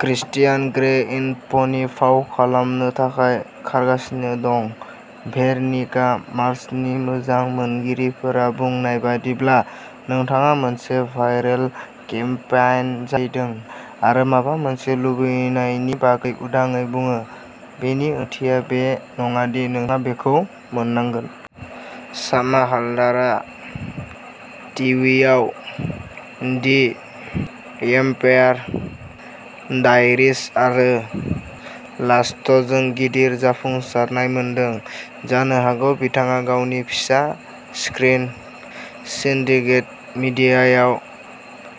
Cristiano Grey इनफनि फाव खालामनो थाखाय खारगासिनो दं। भेर'निका मार्सनि मोजां मोनगिरिफोरा बुंनाय बादिब्ला नोंथाङा मोनसे भाइरेल केम्पेइन जागायदों आरो माबा मोनसे लुबैनायनि बागै उदाङै बुङो। बेनि ओंथिया बे नङा दि नोंहा बेखौ मोननांगोन। समारहाल्डारआ टीवीआव दि वेम्पायार डायरीज आरो लास्टजों गिदिर जाफुंसारनाय मोनदों। जानो हागौ बिथाङा गावनि फिसा स्क्रिन सिन्डिगेट मिडियामाव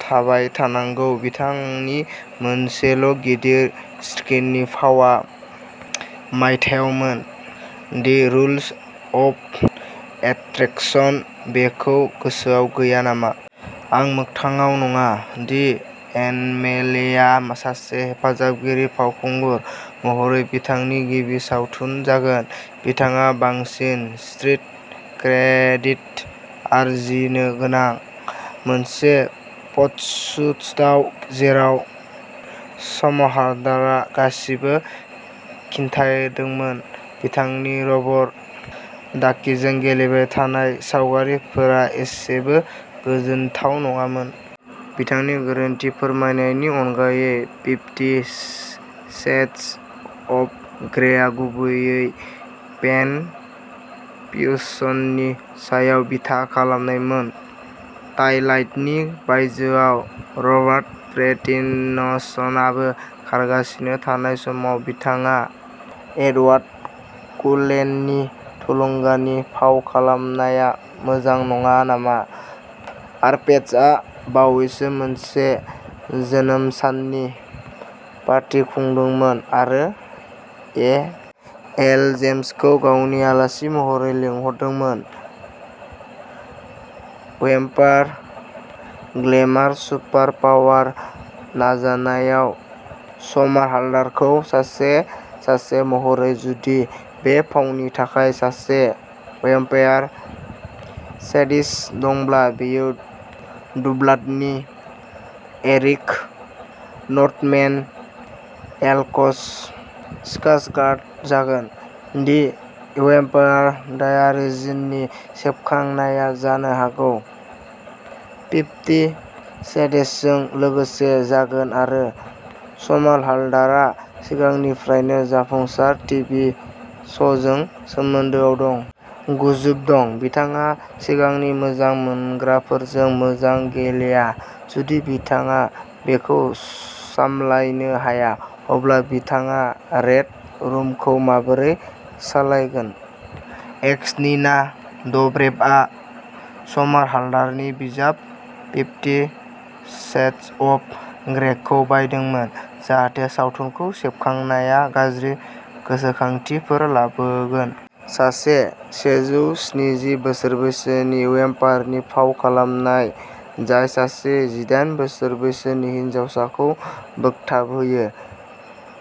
थाबाय थानांगौ। बिथांनि मोनसेल' गिदिर स्क्रिननि फावआ मायथाइयावमोन। The rules of attraction. बेखौ गोसोआव गैया नामा? आं गोमोथाव नङा। दि एनमेलिआ सासे हेफाजाबगिरि फावखुंगुर महरै बिथांनि गिबि सावथुन जागोन। बिथाङा बांसिन स्ट्रीट क्रेडिट आरजिनो गोनां। मोनसे फटसुटआव जेराव समारहालडारआ गासिबो खिन्थादोंमोन। बिथांनि रबर डाकीजों गेलेबाय थानाय सावगारिफोरा एसेबो गोजोनथाव नङामोन। बिथांनि गोरोन्थि फोरमायनायनि अनगायै। फिफ्टी सेडस अफ ग्रेआ गुबैयै फेन फिवशननि सायाव बिथा खालामनायमोन। टाइलाइटनि बायजोआव रबार्ट पेटिनसनआबो खारगासिनो थानाय समाव बिथाङा एडवार्ड कुलेननि थुलुंगानि फाव खालामनाया मोजां नङा नामा? आरपेटजआ बावैसो मोनसे जोनोम साननि पार्टी खुंदोंमोन आरो ए. एल. जेम्सखौ गावनि आलासि महरै लिंहरदोंमोन। वेम्पार ग्लेमार सुपार पावार नाजानायाव समारहालडारखौ सासे सासे महरै। जुदि बे फावनि थाखाय सासे वेम्पायार सेडिस्ट दंब्ला बेयो टुब्लाडनि एरिक नर्थमेन एलेकस स्कार्सगार्ड जागोन। दि वेम्पायार डायरीजनि सेबखांनाया जानो हागौ फिफ्टी शेडेसजों लोगोसे जागोन आरो समारहालडारआ सिगांनिफ्रायनो जाफुंसार टिभि श'जों सोमोन्दोआव दं। गुजब दं। बिथाङा सिगांनि मोजां मोनग्राफोरजों मोजां गेलेया। जुदि बिथाङा बेखौ सामलायनो हाया। अब्ला बिथाङा रेड रुमखौ माबोरै सालायगोन? एक्स नीना डब्रेभआ समाहालडारनि बिजाब फिफ्टी शेड्स अफ ग्रेखौ बायदोंमोन। जाहाथे सावथुनखौ सेबखांनाया गाज्रि गोसोखांथिफोर लाबोगोन। सासे सेजौ स्निजि बोसोर बैसोनि वेम्पायरनि फाव खालामनाय। जाय सासे जिदाइन बोसोर बैसोनि हिनजावसाखौ बोगथाबहोयो।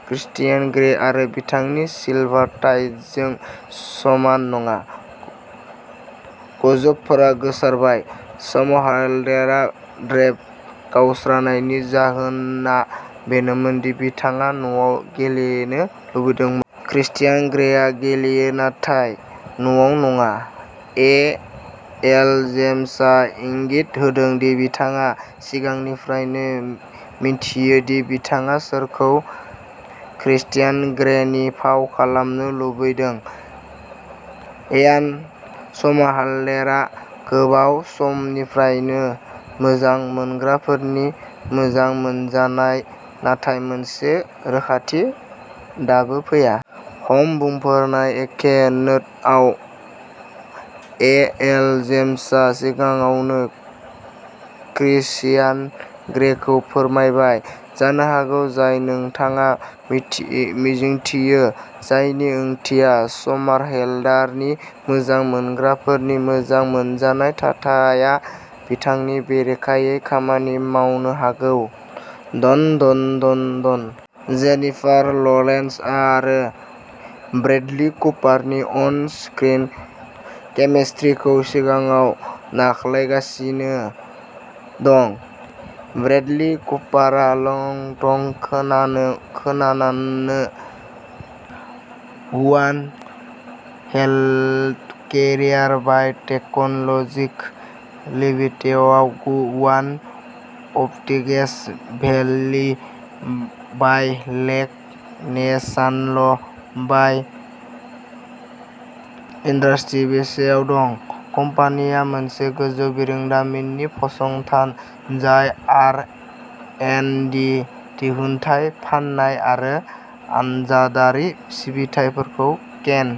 क्रिस्टियान ग्रे आरो बिथांनि सिलभार टाइटजों समान नङा। गुजबफोरा गोसारबाय। समाहालडार ब्रेभ गावस्रानायनि जाहोना बेनोमोन दि बिथाङा न'आव गेलेनो लुबैदोंमोन। क्रिस्टियान ग्रेआ गेलेयो नाथाय न'आव नङा। इ. एल. जेम्सआ इंगित होदों दि बिथाङा सिगांनिफ्रायनो मिन्थियो दि बिथाङा सोरखौ क्रिस्टियान ग्रेनि फाव खालामनो लुबैदों। इयान समाहेलडारआ गोबाव समनिफ्रायनो मोजां मोनग्राफोरनि मोजां मोनजानाय नाथाय मोनसे रोखाथि दाबो फैया। हम बुंफोरनाय एखे नोटआव ए. एल. जेम्सआ सिगाङावनो क्रिसियान ग्रेखौ फोरमायबाय जानो हागौ जाय नोंथाङा मिजिंथियो। जायनि ओंथिया समारहेलडारनि मोजां मोनग्राफोरनि मोजां मोनजानाय थाथाया बिथांनि बेरेखायै खामानि मावनो हागौ। डन. डन. डन. डन. जेनिफार लरेन्स आरो ब्रैडली कुपारनि अन स्क्रिन केमिस्ट्रिखौ सिगाङाव नाख्लायगासिनो दं। ब्रैडली कपारआ लंथं खोनानो खोनानानो वुवान हेल्थकेरेयार बायटेकन'ल'जिक। लेगेटेयाव Wuhan optics valley bio lake national bio industry बेसआव दं। कम्पानिया मोनसे गोजौ बिरोंदामिननि फसंथान जाय आर. एन्ड. डि., दिहुनथाय फाननाय आरो आनजादारि सिबिथाइफोरखौ केन